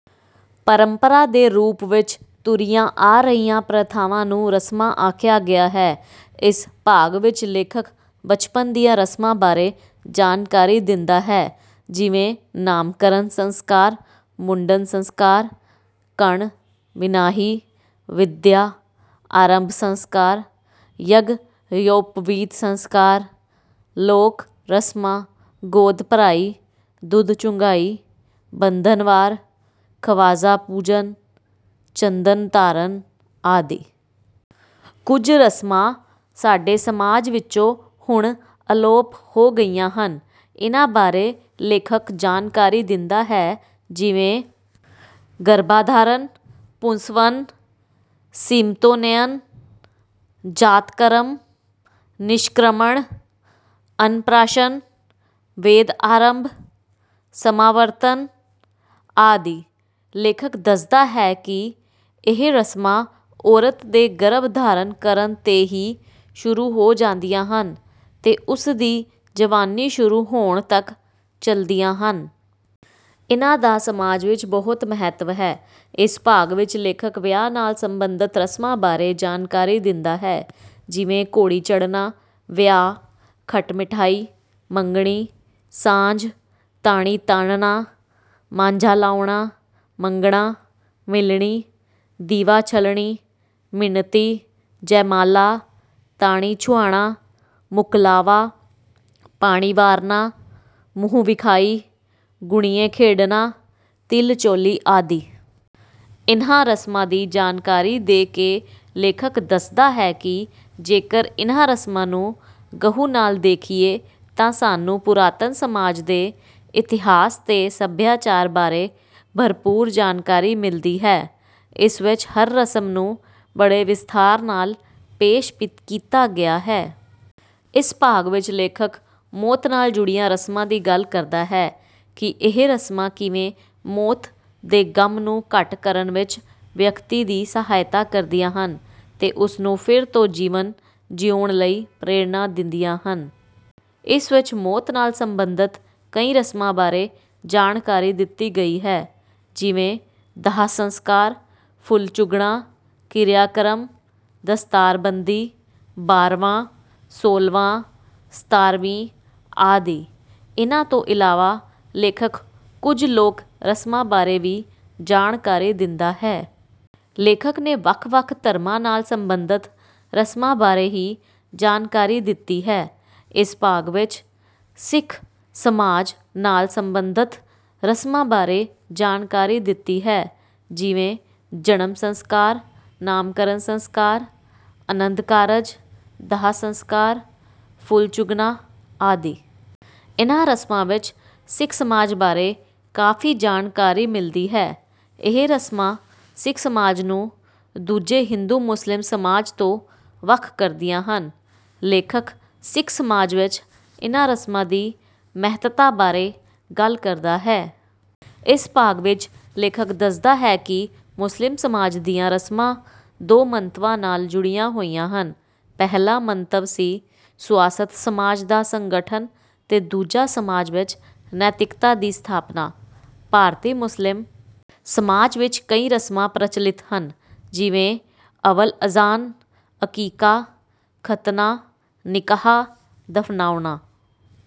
ਪਰੰਪਰਾ ਦੇ ਰੂਪ ਵਿੱਚ ਤੁਰੀਆਂ ਆ ਰਹੀਆਂ ਪ੍ਰਥਾਵਾਂ ਨੂੰ ਰਸਮਾਂ ਆਖਿਆ ਗਿਆ ਹੈ। ਇਸ ਭਾਗ ਵਿੱਚ ਲੇਖਕ ਬਚਪਨ ਦੀਆਂ ਰਸਮਾਂ ਬਾਰੇ ਜਾਣਕਾਰੀ ਦਿੰਦਾ ਹੈ, ਜਿਵੇਂ :- ਨਾਮਕਰਨ ਸੰਸਕਾਰ, ਮੁੰਡਨ ਸੰਸਕਾਰ, ਕੰਨ-ਵਿੰਨ੍ਹਾਈ, ਵਿੱਦਿਆ ਆਰੰਭ ਸੰਸਕਾਰ, ਯੱਗਯੋਪਵੀਤ ਸੰਸਕਾਰ, ਲੋਕ ਰਸਮਾਂ, ਗੋਦ ਭਰਾਈ, ਦੁੱਧ ਚੁੰਘਾਈ, ਬੰਧਨਵਾਰ, ਖਵਾਜਾ-ਪੂਜਨ, ਚੰਦਨ ਧਾਰਨ ਆਦਿ। ਕੁਝ ਰਸਮਾਂ ਸਾਡੇ ਸਮਾਜ ਵਿੱਚੋਂ ਹੁਣ ਅਲੋਪ ਹੋ ਗਈਆਂ ਹਨ, ਇਹਨਾਂ ਬਾਰੇ ਲੇਖਕ ਜਾਣਕਾਰੀ ਦਿੰਦਾ ਹੈ, ਜਿਵੇਂ ਗਰਭਾਧਾਨ, ਪੁੰਸਵਨ, ਸੀਮੰਤੋਨਯਨ, ਜਾਤਕਰਮ, ਨਿਸ਼ਕ੍ਰਮਣ, ਅੰਨ-ਪ੍ਰਾਸ਼ਨ, ਵੇਦ-ਆਰੰਭ, ਸਮਾਵਰਤਨ ਆਦਿ। ਲੇਖਕ ਦੱਸਦਾ ਹੈ ਕਿ ਇਹ ਰਸਮਾਂ ਔਰਤ ਦੇ ਗਰਭ ਧਾਰਨ ਕਰਨ 'ਤੇ ਹੀ ਸ਼ੁਰੂ ਹੋ ਜਾਂਦੀਆਂ ਹਨ ਤੇ ਉਸ ਦੀ ਜਵਾਨੀ ਸ਼ੁਰੂ ਹੋਣ ਤੱਕ ਚਲਦੀਆਂ ਹਨ। ਇਹਨਾਂ ਦਾ ਸਮਾਜ ਵਿੱਚ ਬਹੁਤ ਮਹੱਤਵ ਹੈ। ਇਸ ਭਾਗ ਵਿੱਚ ਲੇਖਕ ਵਿਆਹ ਨਾਲ ਸਬੰਧਤ ਰਸਮਾਂ ਬਾਰੇ ਜਾਣਕਾਰੀ ਦਿੰਦਾ ਹੈ, ਜਿਵੇਂ ਘੋੜੀ ਚੜ੍ਹਨਾ, ਵਿਆਹ, ਖੱਟ-ਮਿਠਾਈ, ਮੰਗਣੀ, ਸਾਂਝ, ਤਾਣੀ ਤਾਣਨਾ, ਮਾਂਝਾ ਲਾਉਣਾ, ਮੰਗਣਾ, ਮਿਲਣੀ, ਦੀਵਾ-ਛੱਲਣੀ, ਮਿਣਤੀ, ਜੈਮਾਲਾ, ਤਾਣੀ ਛੁਹਾਣਾ, ਮੁਕਲਾਵਾ, ਪਾਣੀ ਵਾਰਨਾ, ਮੂੰਹ ਵਿਖਾਈ, ਗੁਣੀਏ ਖੇਡਣਾ, ਤਿਲ-ਚੋਲੀ ਆਦਿ। ਇਹਨਾਂ ਰਸਮਾਂ ਦੀ ਜਾਣਕਾਰੀ ਦੇ ਕੇ ਲੇਖਕ ਦੱਸਦਾ ਹੈ ਕਿ ਜੇਕਰ ਇਹਨਾਂ ਰਸਮਾਂ ਨੂੰ ਗਹੁ ਨਾਲ ਦੇਖੀਏ ਤਾਂ ਸਾਨੂੰ ਪੁਰਾਤਨ ਸਮਾਜ ਦੇ ਇਤਿਹਾਸ ਤੇ ਸੱਭਿਆਚਾਰ ਬਾਰੇ ਭਰਪੂਰ ਜਾਣਕਾਰੀ ਮਿਲਦੀ ਹੈ। ਇਸ ਵਿੱਚ ਹਰ ਰਸਮ ਨੂੰ ਬੜੇ ਵਿਸਥਾਰ ਨਾਲ ਪੇਸ਼ ਕੀਤਾ ਗਿਆ ਹੈ। ਇਸ ਭਾਗ ਵਿੱਚ ਲੇਖਕ ਮੌਤ ਨਾਲ ਜੁੜੀਆਂ ਰਸਮਾਂ ਦੀ ਗੱਲ ਕਰਦਾ ਹੈ ਕਿ ਇਹ ਰਸਮਾਂ ਕਿਵੇਂ ਮੌਤ ਦੇ ਗ਼ਮ ਨੂੰ ਘੱਟ ਕਰਨ ਵਿੱਚ ਵਿਅਕਤੀ ਦੀ ਸਹਾਇਤਾ ਕਰਦੀਆਂ ਹਨ ਤੇ ਉਸ ਨੂੰ ਫਿਰ ਤੋਂ ਜੀਵਨ ਜਿਉਣ ਲਈ ਪ੍ਰੇਰਨਾ ਦਿੰਦੀਆਂ ਹਨ। ਇਸ ਵਿੱਚ ਮੌਤ ਨਾਲ ਸਬੰਧਤ ਕਈ ਰਸਮਾਂ ਬਾਰੇ ਜਾਣਕਾਰੀ ਦਿੱਤੀ ਗਈ ਹੈ, ਜਿਵੇਂ ਦਾਹ-ਸੰਸਕਾਰ, ਫੁੱਲ ਚੁਗਣਾ, ਕਿਰਿਆ-ਕਰਮ, ਦਸਤਾਰ-ਬੰਦੀ, ਬਾਰ੍ਹਵਾਂ, ਸੋਲ੍ਹਵਾਂ, ਸਤਾਰ੍ਹਵੀਂ ਆਦਿ। ਇਹਨਾਂ ਤੋਂ ਇਲਾਵਾ ਲੇਖਕ ਕੁਝ ਲੋਕ ਰਸਮਾਂ ਬਾਰੇ ਵੀ ਜਾਣਕਾਰੀ ਦਿੰਦਾ ਹੈ। ਲੇਖਕ ਨੇ ਵੱਖ-ਵੱਖ ਧਰਮਾਂ ਨਾਲ ਸਬੰਧਤ ਰਸਮਾਂ ਬਾਰੇ ਹੀ ਜਾਣਕਾਰੀ ਦਿੱਤੀ ਹੈ। ਇਸ ਭਾਗ ਵਿੱਚ ਸਿੱਖ ਸਮਾਜ ਨਾਲ ਸਬੰਧਤ ਰਸਮਾਂ ਬਾਰੇ ਜਾਣਕਾਰੀ ਦਿੱਤੀ ਹੈ, ਜਿਵੇਂ - ਜਨਮ ਸੰਸਕਾਰ, ਨਾਮਕਰਨ ਸੰਸਕਾਰ, ਅਨੰਦ ਕਾਰਜ, ਦਾਹ-ਸੰਸਕਾਰ, ਫੁੱਲ ਚੁਗਣਾ ਆਦਿ। ਇਹਨਾਂ ਰਸਮਾਂ ਵਿੱਚ ਸਿੱਖ ਸਮਾਜ ਬਾਰੇ ਕਾਫ਼ੀ ਜਾਣਕਾਰੀ ਮਿਲਦੀ ਹੈ। ਇਹ ਰਸਮਾਂ ਸਿੱਖ ਸਮਾਜ ਨੂੰ ਦੂਜੇ ਹਿੰਦੂ-ਮੁਸਲਿਮ ਸਮਾਜ ਤੋਂ ਵੱਖ ਕਰਦੀਆਂ ਹਨ। ਲੇਖਕ ਸਿੱਖ ਸਮਾਜ ਵਿੱਚ ਇਹਨਾਂ ਰਸਮਾਂ ਦੀ ਮਹੱਤਤਾ ਬਾਰੇ ਗੱਲ ਕਰਦਾ ਹੈ। ਇਸ ਭਾਗ ਵਿੱਚ ਲੇਖਕ ਦੱਸਦਾ ਹੈ ਕਿ ਮੁਸਲਿਮ ਸਮਾਜ ਦੀਆਂ ਰਸਮਾਂ ਦੋ ਮੰਤਵਾਂ ਨਾਲ ਜੁੜੀਆਂ ਹੋਈਆਂ ਹਨ। ਪਹਿਲਾ ਮੰਤਵ ਸੀ ਸੁਆਸਥ ਸਮਾਜ ਦਾ ਸੰਗਠਨ ਤੇ ਦੂਜਾ ਸਮਾਜ ਵਿੱਚ ਨੈਤਿਕਤਾ ਦੀ ਸਥਾਪਨਾ। ਭਾਰਤੀ ਮੁਸਲਿਮ ਸਮਾਜ ਵਿੱਚ ਕਈ ਰਸਮਾਂ ਪ੍ਰਚੱਲਿਤ ਹਨ, ਜਿਵੇਂ ਅਵਲ-ਅਜ਼ਾਨ, ਅਕੀਕਾ, ਖ਼ਤਨਾ, ਨਿਕਾਹ, ਦਫ਼ਨਾਉਣਾ